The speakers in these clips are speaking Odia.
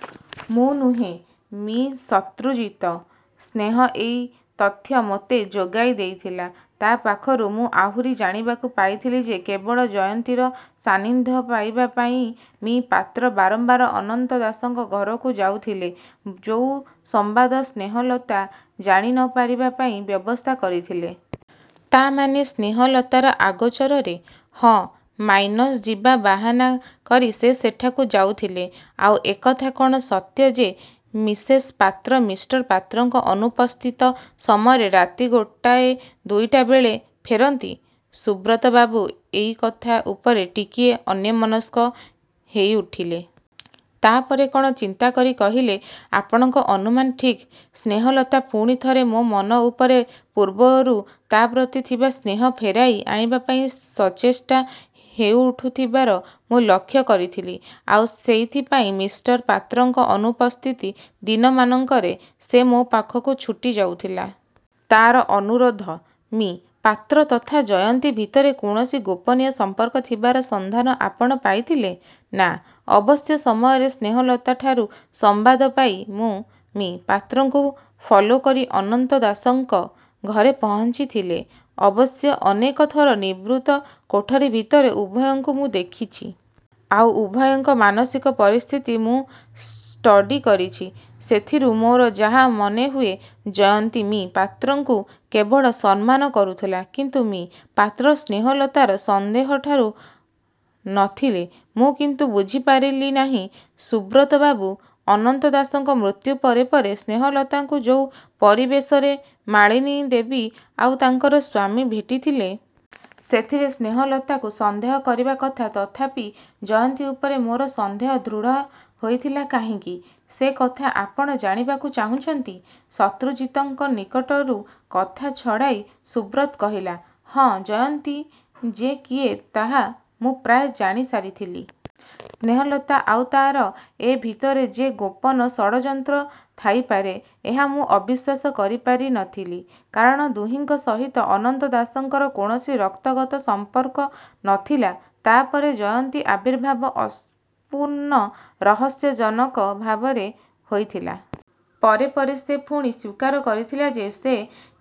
' 'ମୁଁ ନୁହେଁ, ମି. ଶତ୍ରୁଜିତ! ସ୍ନେହ ଏଇ ତଥ୍ୟ ମୋତେ ଯୋଗାଇ ଦେଇଥିଲା। ତା ପାଖରୁ ମୁଁ ଆହୁରି ଜାଣିବାକୁ ପାଇଥିଲି ଯେ କେବଳ ଜୟନ୍ତୀର ସାନ୍ନିଧ୍ୟ ପାଇବାପାଇଁ ମି: ପାତ୍ର ବାରମ୍ବାର ଅନନ୍ତ ଦାସଙ୍କ ଘରକୁ ଯାଉଥିଲେ, ଯୋଉ ସମ୍ବାଦ ସ୍ନେହଲତା ଜାଣି ନ ପାରିବାପାଇଁ ବ୍ୟବସ୍ଥା କରିଥିଲେ। ' 'ତା ମାନେ, ସ୍ନେହଲତାର ଅଗୋଚରରେ? ' 'ହଁ, ମାଇନସ୍ ଯିବା ବାହାନା କରି ସେ ସେଠାକୁ ଯାଉଥିଲେ। ' 'ଆଉ ଏ କଥା କ'ଣ ସତ୍ୟ ଯେ ମିସେସ ପାତ୍ର ମିଷ୍ଟର ପାତ୍ରଙ୍କ ଅନୁପସ୍ଥିତ ସମୟରେ ରାତି ଗୋଟାଏ ଦୁଇଟାବେଳେ ଫେରନ୍ତି? ' ସୁବ୍ରତବାବୁ ଏଇ କଥା ଉପରେ ଟିକିଏ ଅନ୍ୟମନସ୍କ ହେଇଉଠିଲେ। ତାପରେ କ'ଣ ଚିନ୍ତା କରି କହିଲେ,'ଆପଣଙ୍କ ଅନୁମାନ ଠିକ୍। ସ୍ନେହଲତା ପୁଣି ଥରେ ମୋ ମନ ଉପରେ ପୂର୍ବରୁ ତା ପ୍ରତି ଥିବା ସ୍ନେହ ଫେରାଇ ଆଣିବା ପାଇଁ ସଚେଷ୍ଟା ହେଇଉଠୁଥିବାର ମୁଁ ଲକ୍ଷ୍ୟ କରିଥିଲି। ଆଉ ସେଇଥିପାଇଁ ମିଷ୍ଟର ପାତ୍ରଙ୍କ ଅନୁପସ୍ଥିତି ଦିନମାନଙ୍କରେ ସେ ମୋ ପାଖକୁ ଛୁଟିଯାଉଥିଲା। ' 'ତାର ଅନୁରୋଧ ମି:ପାତ୍ର ତଥା ଜୟନ୍ତୀ ଭିତରେ କୌଣସି ଗୋପନୀୟ ସମ୍ପର୍କ ଥିବାର ସଂଧାନ ଆପଣ ପାଇଥିଲେ? 'ନା। ଅବଶ୍ୟ ସମୟରେ ସ୍ନେହଲତାଠାରୁ ସମ୍ବାଦ ପାଇ ମୁଁ ମି: ପାତ୍ରଙ୍କୁ ଫଲୋକରି ଅନନ୍ତ ଦାସଙ୍କ। ଘରେ ପହଞ୍ଚିଥିଲେ। ଅବଶ୍ୟ ଅନେକ ଥର ନିଭୃତ କୋଠରି ଭିତରେ ଉଭୟଙ୍କୁ ମୁଁ ଦେଖିଛି। ଆଉ ଉଭୟଙ୍କର ମାନସିକ ପରିସ୍ଥିତି ମୁଁ ଷ୍ଟଡ଼ି କରିଛି। ସେଥିରୁ ମୋର ଯାହା ମନେହୁଏ, ଜୟନ୍ତୀ ମି:ପାତ୍ରଙ୍କୁ କେବଳ ସମ୍ମାନ କରୁଥିଲା। କିନ୍ତୁ ମି: ପାତ୍ର ସ୍ନେହଲତାର ସନ୍ଦେହଠାରୁ ନ ଥିଲେ। ''ମୁଁ କିନ୍ତୁ ବୁଝିପାରିଲି ନାହିଁ, ସୁବ୍ରତବାବୁ, ଅନନ୍ତ ଦାସଙ୍କ ମୃତ୍ୟୁ ପରେ ପରେ ସ୍ନେହଲତାକୁ ଯୋଉ ପରିବେଶରେ ମାଳିନୀ ଦେବୀ ଆଉ ତାଙ୍କର ସ୍ୱାମୀ ଭେଟିଥିଲେ। '' 'ସେଥିରେ ସ୍ନେହଲତାକୁ ସନ୍ଦେହ କରିବା କଥା। ତଥାପି ଜୟନ୍ତୀ ଉପରେ ମୋର ସନ୍ଦେହ ଦୃଢ଼ ହେଇଥିଲା କାହିଁକି, ସେଇ କଥା ଆପଣ ଜାଣିବାକୁ ଚାହୁଁଛନ୍ତି? ' ଶତ୍ରୁଜିତଙ୍କ ନିକଟରୁ କଥା ଛଡ଼ାଇ ସୁବ୍ରତ କହିଲେ। 'ହଁ' 'ଜୟନ୍ତୀ ଯେ କିଏ ତାହା ମୁଁ ପ୍ରାୟ ଜାଣିସାରିଥିଲି। ସ୍ନେହଲତା ଆଉ ତାର ଏ ଭିତରେ ଯେ ଗୋପନ ଷଡ଼ଯନ୍ତ୍ର ଥାଇପାରେ ଏହା ମୁଁ ଅବିଶ୍ୱାସ କରି ପାରି ନ ଥିଲି। କାରଣ ଦୁହିଁଙ୍କ ସହିତ ଅନନ୍ତ ଦାସଙ୍କର କୌଣସି ରକ୍ତଗତ ସଂପର୍କ ନ ଥିଲା। ତା'ପରେ ଜୟନ୍ତୀ ଆବିର୍ଭାବ ସଂପୂର୍ଣ୍ଣ ରହସ୍ୟଜନକ ଭାବରେ ହୋଇଥିଲା। ପରେ ପରେ ସେ ପୁଣି ସ୍ୱୀକାର କରିଥିଲା ଯେ ସେ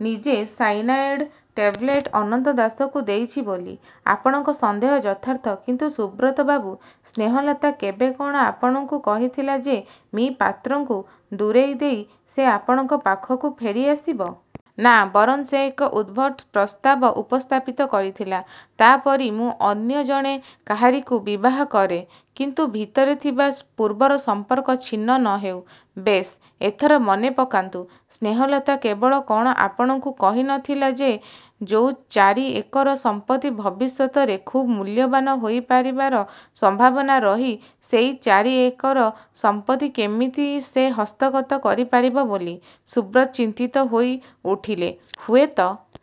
ନିଜେ ସାଇନାଏଡ଼୍ ଟେବଲେଟ ଅନନ୍ତ ଦାସଙ୍କୁ ଦେଇଛି ବୋଲି। ' 'ଆପଣଙ୍କର ସନ୍ଦେହ ଯଥାର୍ଥ। କିନ୍ତୁ ସୁବ୍ରତବାବୁ, ସ୍ନେହଲତା କେବେ କଣ ଆପଣଙ୍କୁ କହିଥିଲା ଯେ ମି:ପାତ୍ରଙ୍କୁ ଦୂରେଇଦେଇ ସେ ଆପଣଙ୍କ ପାଖକୁ ଫେରିଆସିବ? ' 'ନା, ବରଂ ସେ ଏକ ଉଦ୍ଭଟ ପ୍ରସ୍ତାବ ଉପସ୍ଥାପିତ କରିଥିଲା— ତା'ପରି ମୁଁ ଅନ୍ୟ ଜଣେ କାହାରିକୁ ବିବାହ କରେଁ; କିନ୍ତୁ ଭିତରେ ଥିବା ପୂର୍ବର ସଂପର୍କ ଛିନ୍ନ ନ ହେଉ. ' 'ବେଶ୍, ଏଥର ମନେପକାନ୍ତୁ, ସ୍ନେହଲତା କେବଳ କଣ ଆପଣଙ୍କୁ କହି ନ ଥିଲା ଯେ ଯୋଉ ଚାରି ଏକର ସଂପତ୍ତି ଭବିଷ୍ୟତରେ ଖୁବ୍ ମୂଲ୍ୟବାନ ହେଇପାରିବାର ସମ୍ଭାବନା ରହି ସେଇ ଚାରି ଏକର ସଂପତ୍ତି କେମିତି ସେ ହସ୍ତଗତ କରିପାରିବ ବୋଲି? ' ସୁବ୍ରତ ଚିନ୍ତିତ ହୋଇଉଠିଲେ; ହୁଏତ